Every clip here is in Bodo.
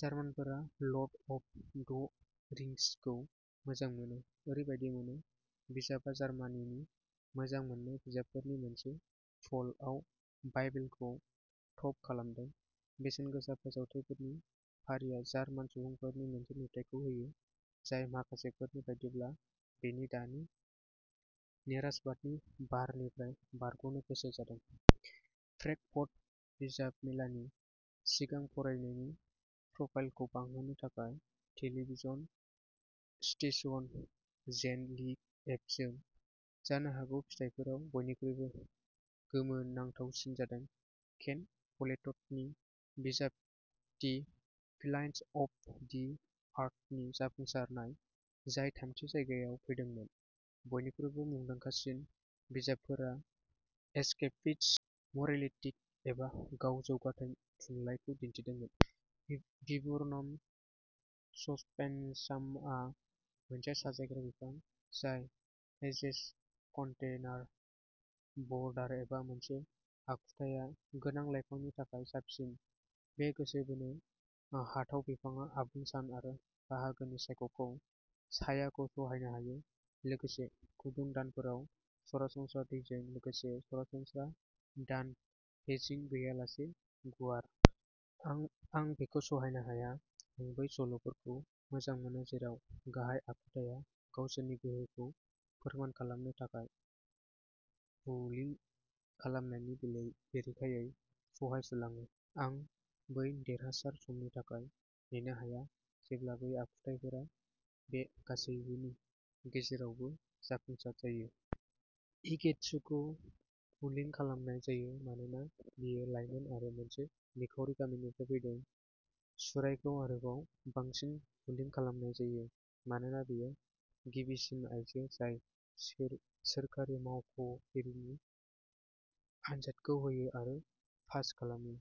जार्मानफोरा लर्ड अफ द रिंसखौ मोजां मोनो, ओरैबादि मोनो। बिजाबआ जार्मानिनि मोजां मोननाय बिजाबफोरनि मोनसे पलआव बाइबेलखौ टप खालामदों। बेसेनगोसा फोसावथायफोरनि फारिया जार्मान सुबुंफोरनि मोनसे नुथायखौ होयो। जाय माखासेफोरनि बायदिब्ला बेनि दानि निराशाबादनि बारनिफ्राय बारग'नो गोसो जादों। फ्रेंकफर्ट बिजाब मेलानि सिगां फरायनायनि प्रफाइलखौ बांहोनो थाखाय टेलीविजन स्टेशन जेनडिएफजों। जानो हागौ फिथाइफोराव बयनिख्रुइबो गोमोनांथावसिन जादों केन फलेट'नि बिजाब दि पिलान्स अफ दि आर्थनि जाफुंसारनाय। जाय थामथि जायगायाव फैदोंमोन। बयनिख्रुइबो मुंदांखासिन बिजाबफोरा एस्केपिस्ट, मोरेलिस्टिक एबा गाव जौगानाय थुनलाइखौ दिन्थिदोंमोन। विबुर्नम ससपेनसामआ मोनसे साजायग्रा बिफां जाय हेजेस कनटेनार बरदार एबा मोनसे आखुथाया गोनां लाइफांनि थाखाय साबसिन। बे गोसो बोनो हाथाव बिफांआ आबुं सान आरो बाहागोनि सायखखौ सायाखौ सहायनो हायो। लोगोसे गुदुं दानफोराव सरासनस्रा दैजों लोगोसे सरासनस्रा दान हेजिं गैयालासे गुवार। आं आं बेखौ सहायनो हाया। आं बै सल'फोरखौ मोजां मोनो जेराव गाहाय आखुथाया गावसोरनि गोहोखौ फोरमान खालामनो थाखाय बुलि खालामनायनि बेलायै बेरेखायै सहायसुलाङो। आं बै देरहासार समनि थाखाय नेनो हाया जेब्ला बै आखुथाइफोरा बे गासैबोनि गेजेरावबो जाफुंसार जायो। इगेतसुखौ बुलिं खालामनाय जायो। मानोना बियो लायमोन आरो मोनसे निखावरि गामिनिफ्राय फैदोंमोन। शुरेइखौ आरोबाव बांसिन बुलिं खालामनाय जायो। मानोना बियो गिबिसिन आइजो जाय सोरखारि मावख'गिरिनि आनजादखौ होयो आरो पास खालामो।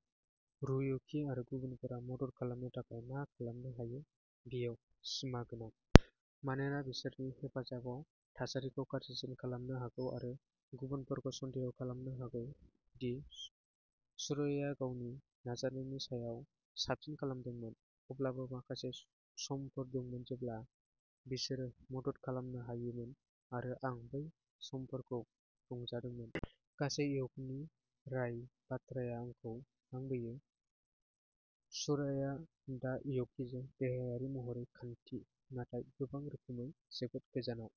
रयुकि आरो गुबुनफोरा मदद खालामनो थाखाय मा खालामनो हायो बेयाव सिमा गोनां। मानोना बिसोरनि हेफाजाबआ थासारिखौ गाज्रिसिन खालामनो हागौ आरो गुबुनफोरखौ सन्देह खालामनो हागौ दि शुरेइआ गावनि नाजानायनि सायाव साबसिन खालामदोंमोन। अब्लाबो माखासे समफोर दंमोन जेब्ला बिसोरो मदद खालामनो हायोमोन आरो आं बै समफोरखौ रंजादोंमोन। गासै युकि राइ बाथ्राया आंखौ हां बोयो। शुरेइआ दा युकिजों देहायारि महरै खानथि नाथाय गोबां रोखोमै जोबोद गोजानाव।